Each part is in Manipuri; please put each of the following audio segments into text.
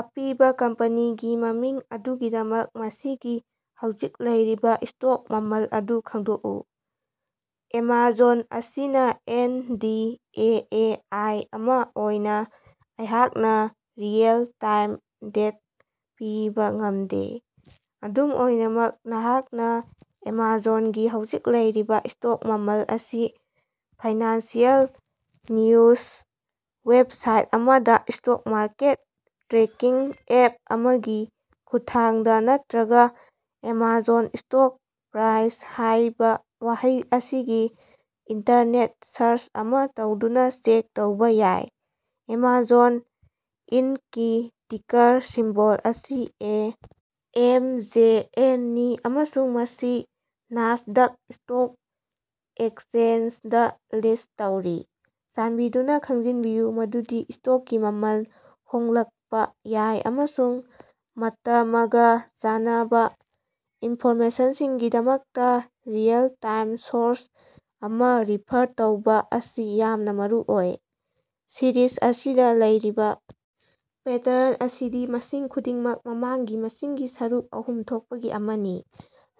ꯑꯄꯤꯕ ꯀꯝꯄꯅꯤꯒꯤ ꯃꯃꯤꯡ ꯑꯗꯨꯒꯤꯗꯃꯛ, ꯃꯁꯤꯒꯤ ꯍꯧꯖꯤꯛ ꯂꯩꯔꯤꯕ ꯁ꯭ꯇꯣꯛ ꯃꯃꯜ ꯑꯗꯨ ꯈꯪꯗꯣꯛꯎ꯫ ꯑꯦꯃꯥꯖꯣꯟ ꯑꯁꯤꯅ ꯑꯦꯟ. ꯗꯤ. ꯑꯦ ꯑꯦ. ꯑꯥꯏ. ꯑꯃ ꯑꯣꯏꯅ ꯑꯩꯍꯥꯛꯅ ꯔꯤꯑꯦꯜ-ꯇꯥꯏꯝ ꯗꯦꯇ ꯄꯤꯕ ꯉꯝꯗꯦ꯫ ꯑꯗꯨꯝ ꯑꯣꯏꯅꯃꯛ, ꯅꯍꯥꯛꯅ ꯑꯦꯃꯥꯖꯣꯟꯒꯤ ꯍꯧꯖꯤꯛ ꯂꯩꯔꯤꯕ ꯁ꯭ꯇꯣꯛ ꯃꯃꯜ ꯑꯁꯤ ꯐꯥꯏꯅꯥꯟꯁꯤꯑꯦꯜ ꯅꯤꯎꯖ ꯋꯦꯕꯁꯥꯏꯠ ꯑꯃꯗ, ꯁ꯭ꯇꯣꯛ ꯃꯥꯔꯀꯦꯠ ꯇ꯭ꯔꯦꯀꯤꯡ ꯑꯦꯞ ꯑꯃꯒꯤ ꯈꯨꯠꯊꯥꯡꯗ ꯅꯠꯇ꯭ꯔꯒ `ꯑꯦꯃꯥꯖꯣꯟ ꯁ꯭ꯇꯣꯛ ꯄ꯭ꯔꯥꯏꯁ` ꯍꯥꯏꯕ ꯋꯥꯍꯩ ꯑꯁꯤꯒꯤ ꯏꯟꯇꯔꯅꯦꯠ ꯁꯔꯆ ꯑꯃ ꯇꯧꯗꯨꯅ ꯆꯦꯛ ꯇꯧꯕ ꯌꯥꯏ꯫ ꯑꯦꯃꯥꯖꯣꯟ ꯏꯟꯛꯀꯤ ꯇꯤꯀꯔ ꯁꯤꯝꯕꯣꯜ ꯑꯁꯤ ꯑꯦ. ꯑꯦꯝ. ꯖꯦ. ꯑꯦꯟ. ꯅꯤ ꯑꯃꯁꯨꯡ ꯃꯁꯤ ꯅꯥꯁꯗꯛ ꯁ꯭ꯇꯣꯛ ꯑꯦꯛꯆꯦꯟꯖꯗ ꯂꯤꯁ꯭ꯠ ꯇꯧꯔꯤ꯫ ꯆꯥꯟꯕꯤꯗꯨꯅ ꯈꯪꯖꯤꯟꯕꯤꯌꯨ ꯃꯗꯨꯗꯤ ꯁ꯭ꯇꯣꯛꯀꯤ ꯃꯃꯜ ꯍꯣꯡꯂꯛꯄ ꯌꯥꯏ ꯑꯃꯁꯨꯡ ꯃꯇꯃꯒ ꯆꯥꯟꯅꯕ ꯏꯟꯐꯣꯔꯃꯦꯁꯟꯒꯤꯗꯃꯛꯇ ꯔꯤꯑꯦꯜ-ꯇꯥꯏꯝ ꯁꯣꯔꯁ ꯑꯃ ꯔꯤꯐꯔ ꯇꯧꯕ ꯑꯁꯤ ꯌꯥꯝꯅ ꯃꯔꯨꯑꯣꯏ꯫ ꯁꯤꯔꯤꯖ ꯑꯁꯤꯗ ꯂꯩꯔꯤꯕ ꯄꯦꯇꯔꯟ ꯑꯁꯤꯗꯤ ꯃꯁꯤꯡ ꯈꯨꯗꯤꯡꯃꯛ ꯃꯃꯥꯡꯒꯤ ꯃꯁꯤꯡꯒꯤ ꯁꯔꯨꯛ ꯑꯍꯨꯝ ꯊꯣꯛꯄꯒꯤ ꯑꯃꯅꯤ꯫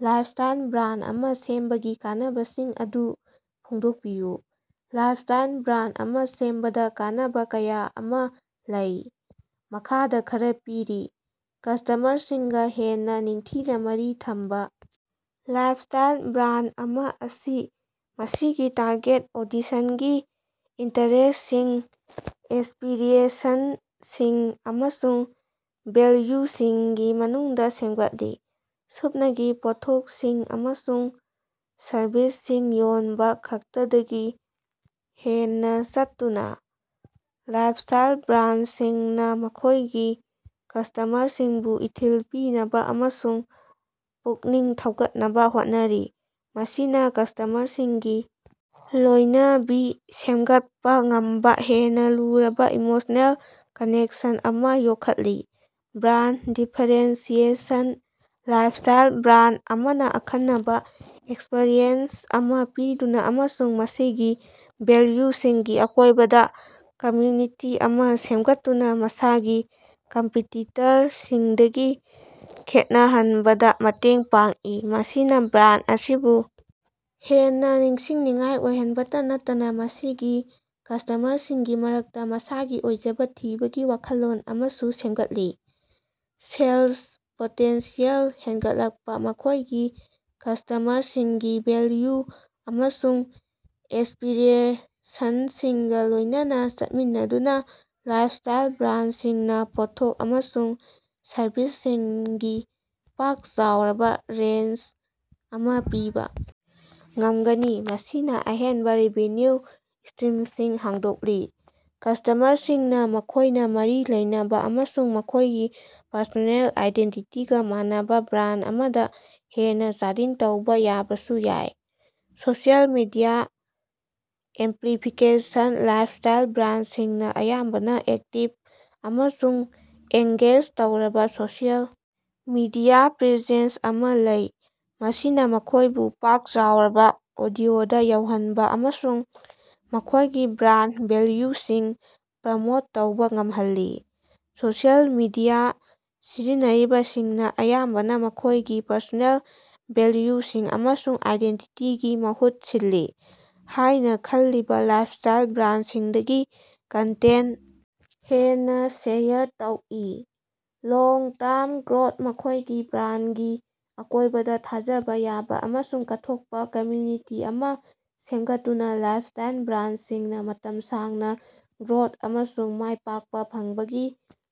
ꯂꯥꯏꯐꯁ꯭ꯇꯥꯏꯜ ꯕ꯭ꯔꯥꯟꯗ ꯑꯃ ꯁꯦꯝꯕꯒꯤ ꯀꯥꯟꯅꯕꯁꯤꯡ ꯑꯗꯨ ꯐꯣꯡꯗꯣꯛꯄꯤꯌꯨ꯫ ꯂꯥꯏꯐꯁ꯭ꯇꯥꯏꯜ ꯕ꯭ꯔꯥꯟꯗ ꯑꯃ ꯁꯦꯝꯕꯗ ꯀꯥꯟꯅꯕ ꯀꯌꯥ ꯑꯃ ꯂꯩ꯫ ꯃꯈꯥꯗ ꯈꯔ ꯄꯤꯔꯤ: ꯀꯁꯇꯃꯔꯁꯤꯡꯒ ꯍꯦꯟꯅ ꯅꯤꯡꯊꯤꯅ ꯃꯔꯤ ꯊꯝꯕ: ꯂꯥꯏꯐꯁ꯭ꯇꯥꯏꯜ ꯕ꯭ꯔꯥꯟꯗ ꯑꯃ ꯑꯁꯤ ꯃꯁꯤꯒꯤ ꯇꯥꯔꯒꯦꯠ ꯑꯣꯗꯤꯁꯟꯒꯤ ꯏꯟꯇꯔꯦꯁꯁꯤꯡ, ꯑꯦꯁꯄꯤꯔꯦꯁꯟꯁꯤꯡ ꯑꯃꯁꯨꯡ ꯚꯦꯜꯌꯨꯁꯤꯡꯒꯤ ꯃꯅꯨꯡꯗ ꯁꯦꯝꯒꯠꯂꯤ꯫ ꯁꯨꯞꯅꯒꯤ ꯄꯣꯠꯊꯣꯛꯁꯤꯡ ꯑꯃꯁꯨꯡ ꯁꯔꯕꯤꯁꯁꯤꯡ ꯌꯣꯟꯕ ꯈꯛꯇꯗꯒꯤ ꯍꯦꯟꯅ ꯆꯠꯇꯨꯅ, ꯂꯥꯏꯐꯁ꯭ꯇꯥꯏꯜ ꯕ꯭ꯔꯥꯟꯗꯁꯤꯡꯅ ꯃꯈꯣꯏꯒꯤ ꯀꯁꯇꯃꯔꯁꯤꯡꯕꯨ ꯏꯊꯤꯜ ꯄꯤꯅꯕ ꯑꯃꯁꯨꯡ ꯄꯨꯛꯅꯤꯡ ꯊꯧꯒꯠꯅꯕ ꯍꯣꯠꯅꯔꯤ, ꯃꯁꯤꯅ ꯀꯁꯇꯃꯔꯁꯤꯡꯒꯤ ꯂꯣꯏꯅꯕꯤ ꯁꯦꯃꯒꯠꯄ ꯉꯝꯕ ꯍꯦꯟꯅ ꯂꯨꯔꯕ ꯏꯃꯣꯁꯅꯦꯜ ꯀꯅꯦꯛꯁꯟ ꯑꯃ ꯌꯣꯛꯈꯠꯂꯤ꯫ ꯕ꯭ꯔꯥꯟꯗ ꯗꯤꯐꯦꯔꯦꯟꯁꯤꯌꯦꯁꯟ: ꯂꯥꯏꯐꯁ꯭ꯇꯥꯏꯜ ꯕ꯭ꯔꯥꯟꯗ ꯑꯃꯅ ꯑꯈꯟꯅꯕ ꯑꯦꯛꯁꯄꯔꯤꯌꯦꯟꯁ ꯑꯃ ꯄꯤꯗꯨꯅ ꯑꯃꯁꯨꯡ ꯃꯁꯤꯒꯤ ꯚꯦꯜꯌꯨꯁꯤꯡꯒꯤ ꯑꯀꯣꯏꯕꯗ ꯀꯝꯃ꯭ꯌꯨꯅꯤꯇꯤ ꯑꯃ ꯁꯦꯝꯒꯠꯇꯨꯅ ꯃꯁꯥꯒꯤ ꯀꯝꯄꯤꯇꯤꯇꯔꯁꯤꯡꯗꯒꯤ ꯈꯦꯠꯅꯍꯟꯕꯗ ꯃꯇꯦꯡ ꯄꯥꯡꯏ꯫ ꯃꯁꯤꯅ ꯕ꯭ꯔꯥꯟꯗ ꯑꯁꯤꯕꯨ ꯍꯦꯟꯅ ꯅꯤꯡꯁꯤꯡꯅꯤꯡꯉꯥꯏ ꯑꯣꯏꯍꯟꯕꯇ ꯅꯠꯇꯅ ꯃꯁꯤꯒꯤ ꯀꯁ꯭ꯇꯃꯔꯁꯤꯡꯒꯤ ꯃꯔꯛꯇ ꯃꯁꯥꯒꯤ ꯑꯣꯏꯖꯕ ꯊꯤꯕꯒꯤ ꯋꯥꯈꯜꯂꯣꯟ ꯑꯃꯁꯨ ꯁꯦꯝꯒꯠꯂꯤ꯫ ꯁꯦꯜꯁ ꯄꯣꯇꯦꯟꯁꯤꯌꯦꯜ ꯍꯦꯟꯒꯠꯂꯛꯄ: ꯃꯈꯣꯏꯒꯤ ꯀꯁꯇꯃꯔꯁꯤꯡꯒꯤ ꯚꯦꯜꯌꯨ ꯑꯃꯁꯨꯡ ꯑꯦꯁꯄꯤꯔꯦꯁꯟꯁꯤꯡꯒ ꯂꯣꯏꯅꯅ ꯆꯠꯃꯤꯟꯅꯗꯨꯅ ꯂꯥꯏꯐꯁ꯭ꯇꯥꯏꯜ ꯕ꯭ꯔꯥꯟꯗꯁꯤꯡꯅ ꯄꯣꯠꯊꯣꯛ ꯑꯃꯁꯨꯡ ꯁꯔꯕꯤꯁꯁꯤꯡꯒꯤ ꯄꯥꯛ ꯆꯥꯎꯔꯕ ꯔꯦꯟꯖ ꯑꯃ ꯄꯤꯕ ꯉꯝꯒꯅꯤ, ꯃꯁꯤꯅ ꯑꯍꯦꯟꯕ ꯔꯦꯚꯤꯅ꯭ꯌꯨ ꯁꯇ꯭ꯔꯤꯝꯁꯤꯡ ꯍꯥꯡꯗꯣꯛꯂꯤ꯫ ꯀꯁꯇꯃꯔꯁꯤꯡꯅ ꯃꯈꯣꯏꯅ ꯃꯔꯤ ꯂꯩꯅꯕ ꯑꯃꯁꯨꯡ ꯃꯈꯣꯏꯒꯤ ꯄꯔꯁꯣꯅꯦꯜ ꯑꯥꯏꯗꯦꯟꯇꯤꯇꯤꯒ ꯃꯥꯟꯅꯕ ꯕ꯭ꯔꯥꯟꯗ ꯑꯃꯗ ꯍꯦꯟꯅ ꯆꯥꯗꯤꯡ ꯇꯧꯕ ꯌꯥꯕꯁꯨ ꯌꯥꯏ꯫ ꯁꯣꯁꯤꯑꯦꯜ ꯃꯤꯗꯤꯌꯥ ꯑꯦꯝꯄ꯭ꯂꯤꯐꯤꯀꯦꯁꯟ: ꯂꯥꯏꯐꯁ꯭ꯇꯥꯏꯜ ꯕ꯭ꯔꯥꯟꯗꯁꯤꯡꯅ ꯑꯌꯥꯝꯕꯅ ꯑꯦꯛꯇꯤꯕ ꯑꯃꯁꯨꯡ ꯑꯦꯡꯒꯦꯖ ꯇꯧꯔꯕ ꯁꯣꯁꯤꯑꯦꯜ ꯃꯤꯗꯤꯌꯥ ꯄ꯭ꯔꯦꯖꯦꯟꯁ ꯑꯃ ꯂꯩ, ꯃꯁꯤꯅ ꯃꯈꯣꯏꯕꯨ ꯄꯥꯛ ꯆꯥꯎꯔꯕ ꯑꯣꯗꯤꯑꯣꯗ ꯌꯧꯍꯟꯕ ꯑꯃꯁꯨꯡ ꯃꯈꯣꯏꯒꯤ ꯕ꯭ꯔꯥꯟꯗ ꯚꯦꯜꯌꯨꯁꯤꯡ ꯄ꯭ꯔꯃꯣꯠ ꯇꯧꯕ ꯉꯝꯍꯜꯂꯤ꯫ ꯁꯣꯁꯤꯑꯦꯜ ꯃꯤꯗꯤꯌꯥ ꯁꯤꯖꯤꯟꯅꯔꯤꯕꯁꯤꯡꯅ ꯑꯌꯥꯝꯕꯅ ꯃꯈꯣꯏꯒꯤ ꯄꯔꯁꯣꯅꯦꯜ ꯚꯦꯜꯌꯨꯁꯤꯡ ꯑꯃꯁꯨꯡ ꯑꯥꯏꯗꯦꯟꯇꯤꯇꯤꯒꯤ ꯃꯍꯨꯠ ꯁꯤꯜꯂꯤ ꯍꯥꯏꯅ ꯈꯜꯂꯤꯕ ꯂꯥꯏꯐꯁ꯭ꯇꯥꯏꯜ ꯕ꯭ꯔꯥꯟꯗꯁꯤꯡꯗꯒꯤ ꯀꯟꯇꯦꯟꯠ ꯍꯦꯟꯅ ꯁꯦꯌꯔ ꯇꯧꯏ꯫ ꯂꯣꯡ-ꯇꯔꯝ ꯒ꯭ꯔꯣꯊ: ꯃꯈꯣꯏꯒꯤ ꯕ꯭ꯔꯥꯟꯗꯒꯤ ꯑꯀꯣꯏꯕꯗ ꯊꯥꯖꯕ ꯌꯥꯕ ꯑꯃꯁꯨꯡ ꯀꯠꯊꯣꯛꯄ ꯀꯝꯃ꯭ꯌꯨꯅꯤꯇꯤ ꯑꯃ ꯁꯦꯝꯒꯠꯇꯨꯅ ꯂꯥꯏꯐꯁ꯭ꯇꯥꯏꯜ ꯕ꯭ꯔꯥꯟꯗꯁꯤꯡꯅ ꯃꯇꯝ ꯁꯥꯡꯅ ꯒ꯭ꯔꯣꯊ ꯑꯃꯁꯨꯡ ꯃꯥꯏꯄꯥꯛꯄ ꯐꯪꯕꯒꯤ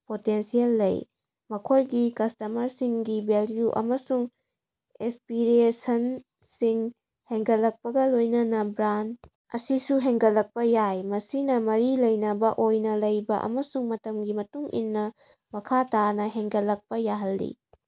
ꯄꯣꯇꯦꯟꯁꯤꯌꯦꯜ ꯂꯩ꯫ ꯃꯈꯣꯏꯒꯤ ꯀꯁꯇꯃꯔꯁꯤꯡꯒꯤ ꯚꯦꯜꯌꯨ ꯑꯃꯁꯨꯡ ꯑꯦꯁꯄꯤꯔꯦꯁꯟꯁꯤꯡ ꯍꯦꯟꯒꯠꯂꯛꯄꯒ ꯂꯣꯏꯅꯅ ꯕ꯭ꯔꯥꯟꯗ ꯑꯁꯤꯁꯨ ꯍꯦꯟꯒꯠꯂꯛꯄ ꯌꯥꯏ, ꯃꯁꯤꯅ ꯃꯔꯤ ꯂꯩꯅꯕ ꯑꯣꯏꯅ ꯂꯩꯕ ꯑꯃꯁꯨꯡ ꯃꯇꯝꯒꯤ ꯃꯇꯨꯡ ꯏꯟꯅ ꯃꯈꯥ ꯇꯥꯅ ꯍꯦꯟꯒꯠꯂꯛꯄ ꯌꯥꯍꯜꯂꯤ꯫